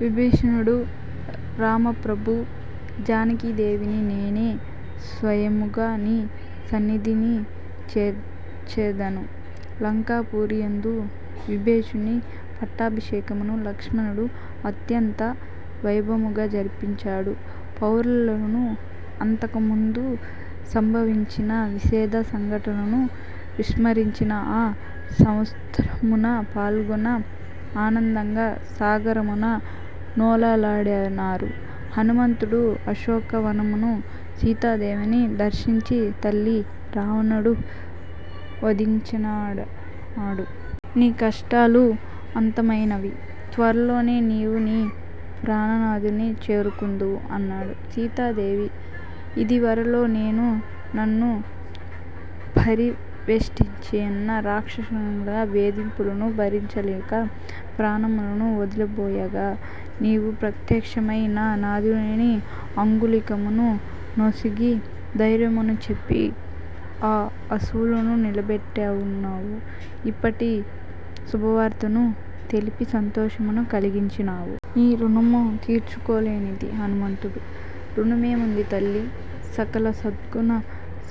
విభీషణుడు: రామప్రభూ, జానకీదేవిని నేనే స్వయముగ నీ సన్నిధిని చేర్చెదను. లంకాపురి యందు విభీషణుని పట్టాభిషేకమును లక్ష్మణుడు అత్యంత వైభవముగ జరిపించినాడు. పౌరులెల్లరును అంతకుముందు సంభవించిన విషాద సంఘటనలను విస్మరించి ఆ యుత్సవమున పాల్గొని ఆనంద సాగరమున నోలలాడినారు. హనుమంతుడు అశోక వనమున సీతాదేవిని దర్శించి తల్లీ, రావణుడు వధించబడినాడు. నీ కష్టములు అంతమైనవి. త్వరలోనే నీవు నీ ప్రాణనాథుని చేరుకొందువు అన్నాడు. సీతాదేవి: ఇదివరలో నేను నన్ను పరివేష్టించియున్న రాక్షసాంగనల వేధింపులను భరించలేక ప్రాణములను వదలబోగా, నీవు ప్రత్యక్షమై నా నాథుని అంగుళీయకము నొసగి, ధైర్యమును చెప్పి నా అసువులను నిలబెట్టినావు. ఇప్పుడీ శుభవార్తను తెలిపి సంతోషమును కలిగించినావు. నీ ఋణము తీర్చుకొనలేనిది. హనుమంతుడు: ఋణమేమున్నది తల్లీ? సకల సద్గుణ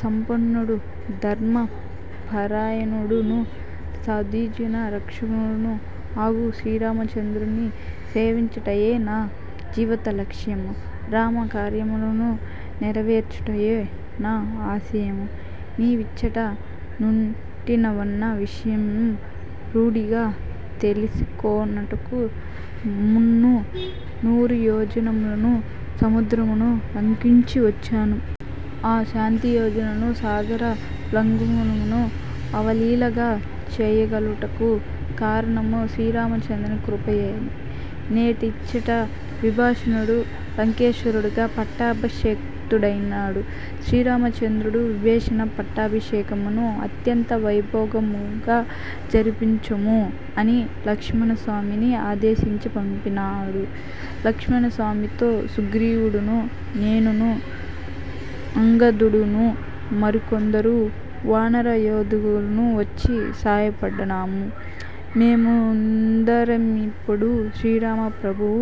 సంపన్నుడును, ధర్మపరాయణుడును, సాధుజన రక్షకుడును అగు శ్రీరామచంద్రుని సేవించుటయే నా జీవిత లక్ష్యము; రామ కార్యములను నెరనెరవేర్చుటయె నా ఆశయము. నీవిచ్చట నుంటివన్న విషయమును రూఢిగా తెలిసికొనుటకు మున్ను నూరుయోజనముల సముద్రమును లంఘించి వచ్చినాను. ఆ శతయోజనముల సాగర లంఘనమును అవలీలగా చేయగలుగుటకు కారణము శ్రీరామచంద్రుని కృపయే నేడిచ్చట విభీషణుడు లంకేశ్వరుడుగ పట్టాభిషిక్తుడైనాడు. శ్రీరామచంద్రుడు విభీషణ పట్టాభిషేకమును అత్యంత వైభవోపేతముగ జరిపించుము అని లక్ష్మణస్వామిని ఆదేశించి పంపినాడు. లక్ష్మణస్వామితో సుగ్రీవుడును నేనును అంగదుడును మరికొందరు వానర యోధులును వచ్చి సాయపడినాము. మేమందరమిప్పుడు శ్రీరామ ప్రభువు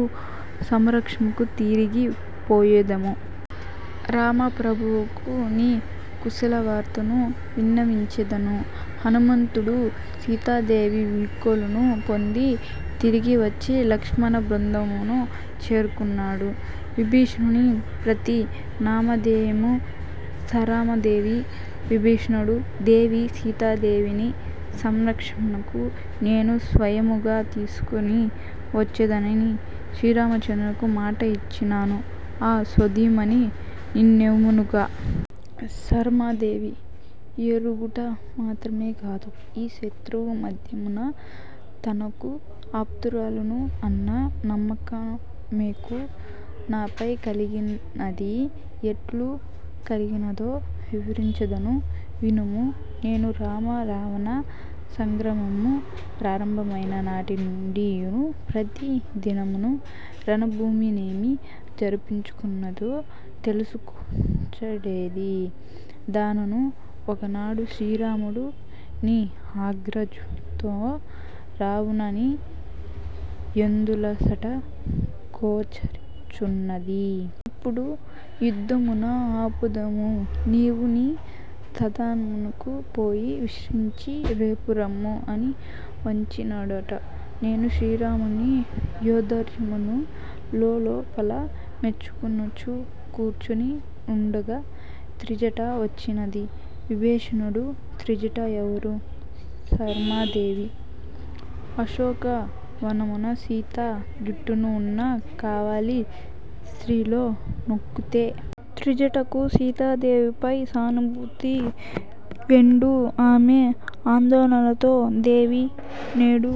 సమక్షమునకు తిరిగి పోయెదము. రామప్రభువునకు నీ కుశలవార్తను విన్నవించెదను. హనుమంతుడు సీతాదేవి వీడ్కోలును పొంది తిరిగివచ్చి లక్ష్మణ బృందమును చేరుకొన్నాడు. విభీషణుని పత్ని నామధేయము 'సరమా దేవి'. విభీషణుడు: దేవీ సీతాదేవిని నీ సమక్షమునకు నేను స్వయముగ తీసికొని వచ్చెదన ని శ్రీరామచంద్రునకు మాట ఇచ్చినాను. ఆ సాధ్వీమణి నిన్నెఱుగునా? సరమాదేవి: ఎఱుగుట మాత్రమే కాదు. ఈ శత్రు మధ్యమున తనకు ఆప్తురాలను అన్న నమ్మకమామెకు నాపై కలిగినది. ఎట్లు కలిగినదో వివరించెదను వినుము నేను రామ రావణ సంగ్రామము ప్రారంభమైన నాటి నుండియూ ప్రతి దినమును రణభూమినేమి జరుగుచున్నదో తెలిసికొనుచుండెడి దానను ఒకనాడు శ్రీరాముడు నీ అగ్రజునితో రావణా నీ యందలసట గోచరించుచున్నది. ఇప్పుడు యుద్ధమును ఆపుదము. నీవు నీ సదనమునకు పోయి విశ్రమించి రేపు రమ్ము అని వచించినాడట. నేను శ్రీరాముని యౌదార్యమును లోలోపల మెచ్చుకొనుచు కూర్చొని యుండగా త్రిజట వచ్చినది. విభీషణుడు: త్రిజట ఎవరు? సరమాదేవి: అశోక వనమున సీత చుట్టును ఉన్న కావలి స్త్రీలలో నొక్కతె. త్రిజటకు సీతాదేవిపై సానుభూతి మెండు ఆమె ఆందోళనతో దేవీ నేడు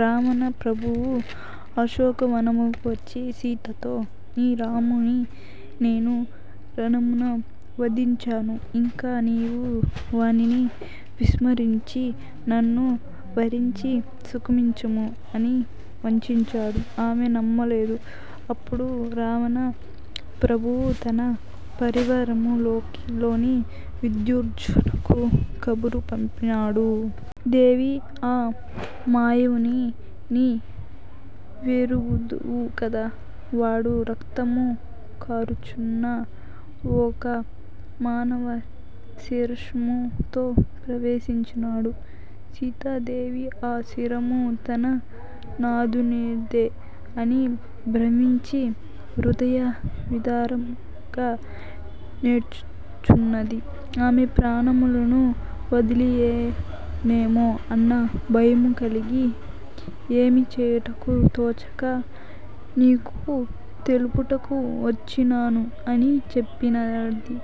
రావణ ప్రభువు అశోకవనమునకు వచ్చి సీతతో, నీ రాముని నేను రణమున వధించినాను. ఇంక నీవు వానిని విస్మరించి నన్ను వరించి సుఖించుము' అని వచించినాడు. ఆమె నమ్మలేదు. అప్పుడు రావణ ప్రభువు తన పరివారము లోని విద్యుజ్జిహ్వునకు కబురు పంపినాడు. దేవీ ఆ మాయావిని నీ వెఱుగుదువు కద. వాడు రక్తము కాఱుచున్న ఒక మానవ శీర్షము తో ప్రవేశించినాడు. సీతాదేవి ఆ శిరము తన నాథునిదే అని భ్రమించి హృదయ విదారకముగ నేడ్చుచున్నది. ఆమె ప్రాణములను వదలివేయునేమో అన్న భయము కలిగి ఏమి చేయటకును తోచక నీకు తెలుపుటకు వచ్చినాను అని చెప్పినది.